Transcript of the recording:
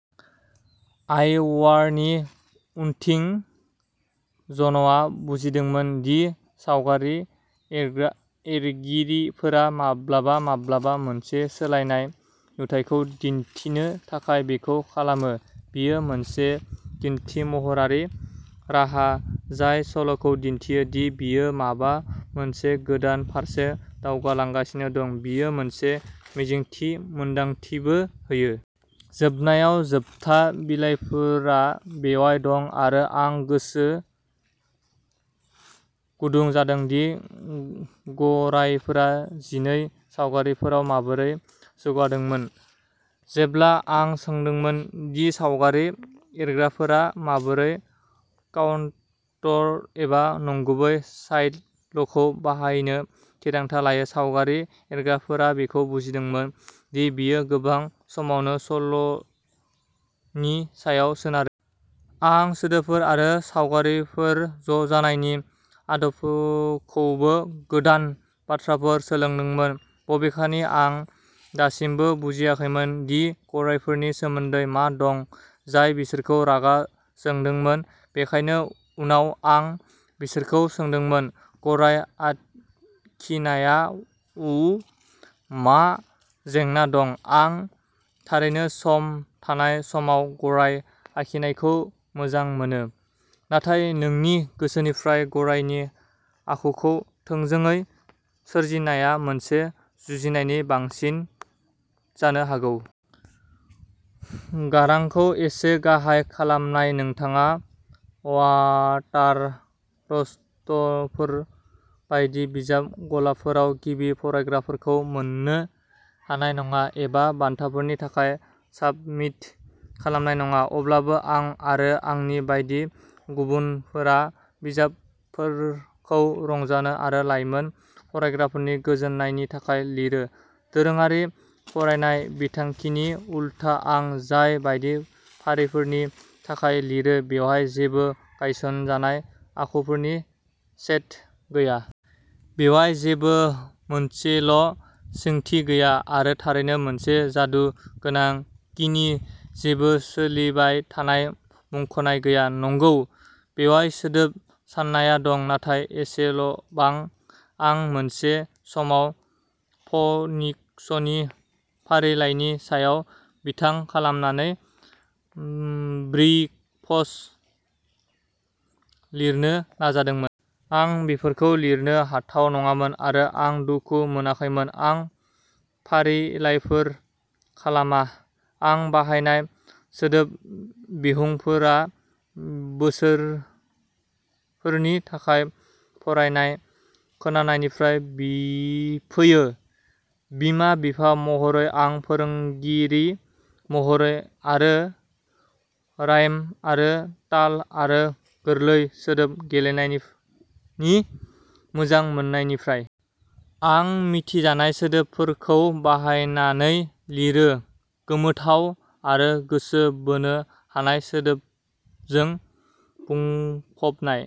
आइवरनि उनथिं। जनआ बुजिमोंदोंमोन दि सावगारि एरग्रा एरगिरिफोरा माब्लाबा माब्लाबा मोनसे सोलायनाय नुथायखौ दिन्थिनो थाखाय बेखौ खालामो। बेयो मोनसे दिन्थिमहरारि राहा जाय सल'खौ दिन्थियो दि बेयो माबा मोनसे गोदान फारसे दावगालांगासिनो दं। बेयो मोनसे मिजिंथि मोनदांथिबो होयो। जोबनायाव, जोबथा बिलाइफोरा बेयाव दं, आरो आं गोसो गुदुं जादोंमोन दि गरायफोरा जिनै सावगारिफोराव माबोरै जौगादोंमोन। जेब्ला आं सोंदोंमोन दि सावगारि एरग्राफोरा माबोरै टनटर एबा नंगुबै साइटल'खौ बाहायनो थिरांथा लायो, सावगारि एरगिरिफोरा बेखौ बुजिमोदोंमोन दि बेयो गोबां समावनो सल'नि सायाव सोनारो। आं सोदोबफोर आरो सावगारिफोर ज'जानायनि आदबफोरखौबो गोदान बाथ्राफोर सोलोंदोंमोन। बबेखानि, आं दासिमबो बुजियाखैमोन दि गरायफोरनि सोमोन्दै मा दं जाय बिसोरखौ रागा जोंदोंमोन। बेखायनो। उनाव आं बिसोरखौ सोंदोंमोन। "गराय आखिनाया उ मा जेंना दं? आं थारैनो सम थानाय समाव गराय आखिनायखौ मोजां मोनो, नाथाय नोंनि गोसोनिफ्राय गरायनि आखुखौ थोंजोङै सोरजिनायआ मोनसे जुजिनायनि बांसिन जानो हागौ! गारांखौ एसे गाहाय खालामनाय। नोंथाङा वाटारस्ट'फोर बायदि बिजाब गलाफोराव गिबि फरायग्राफोरखौ मोन्नो हानाय नङा एबा बान्थाफोरनि थाखाय साबमिट खालामनाय नङा। अब्लाबो, आं-आरो आंनि बायदि गुबुनफोरा-बिजाबफोरखौ रंजानो आरो लाइमोन फरायग्राफोरनि गोजोननायनि थाखाय लिरो। दोरोङारि फरायनाय बिथांखिनि उलथा, आं जाय बायदि फारिफोरनि थाखाय लिरो, बेयाव जेबो गायसनजानाय आखुफोरनि सेट गैया। बेयाव जेबो मोनसेल' सोंथि गैया आरो थारैनो मोनसे जादु गोनां किनि जेबो सोलिबाय थानाय मुंख'नाय गैया। नंगौ, बेयाव सोदोब साननाया दं, नाथाय एसेल'बां। आं मोनसे समाव फ'निक्सनि फारिलाइनि सायाव बिथा खालामनानै ब्रिफस लिरनो नाजादोंमोन। आं बेफोरखौ लिरनो हाथाव नङामोन, आरो आं दुखु मोनाखैमोन। आं फारिलाइफोर खालामा। आं बाहायनाय सोदोब बिहुंफोरा बोसोरफोरनि थाखाय फरायनाय खोनानायनिफ्राय बि फैयो-बिमा-बिफा महरै आरो फोरोंगिरि महरै-आरो रायेम आरो ताल आरो गोरलै सोदोब गेलेनायनि मोजां मोन्नायनिफ्राय। आं मिथिजानाय सोदोबफोरखौ बाहायनानै लिरो, गोमोथाव आरो गोसो बोनो हानाय सोदोबजों बुंफबनाय।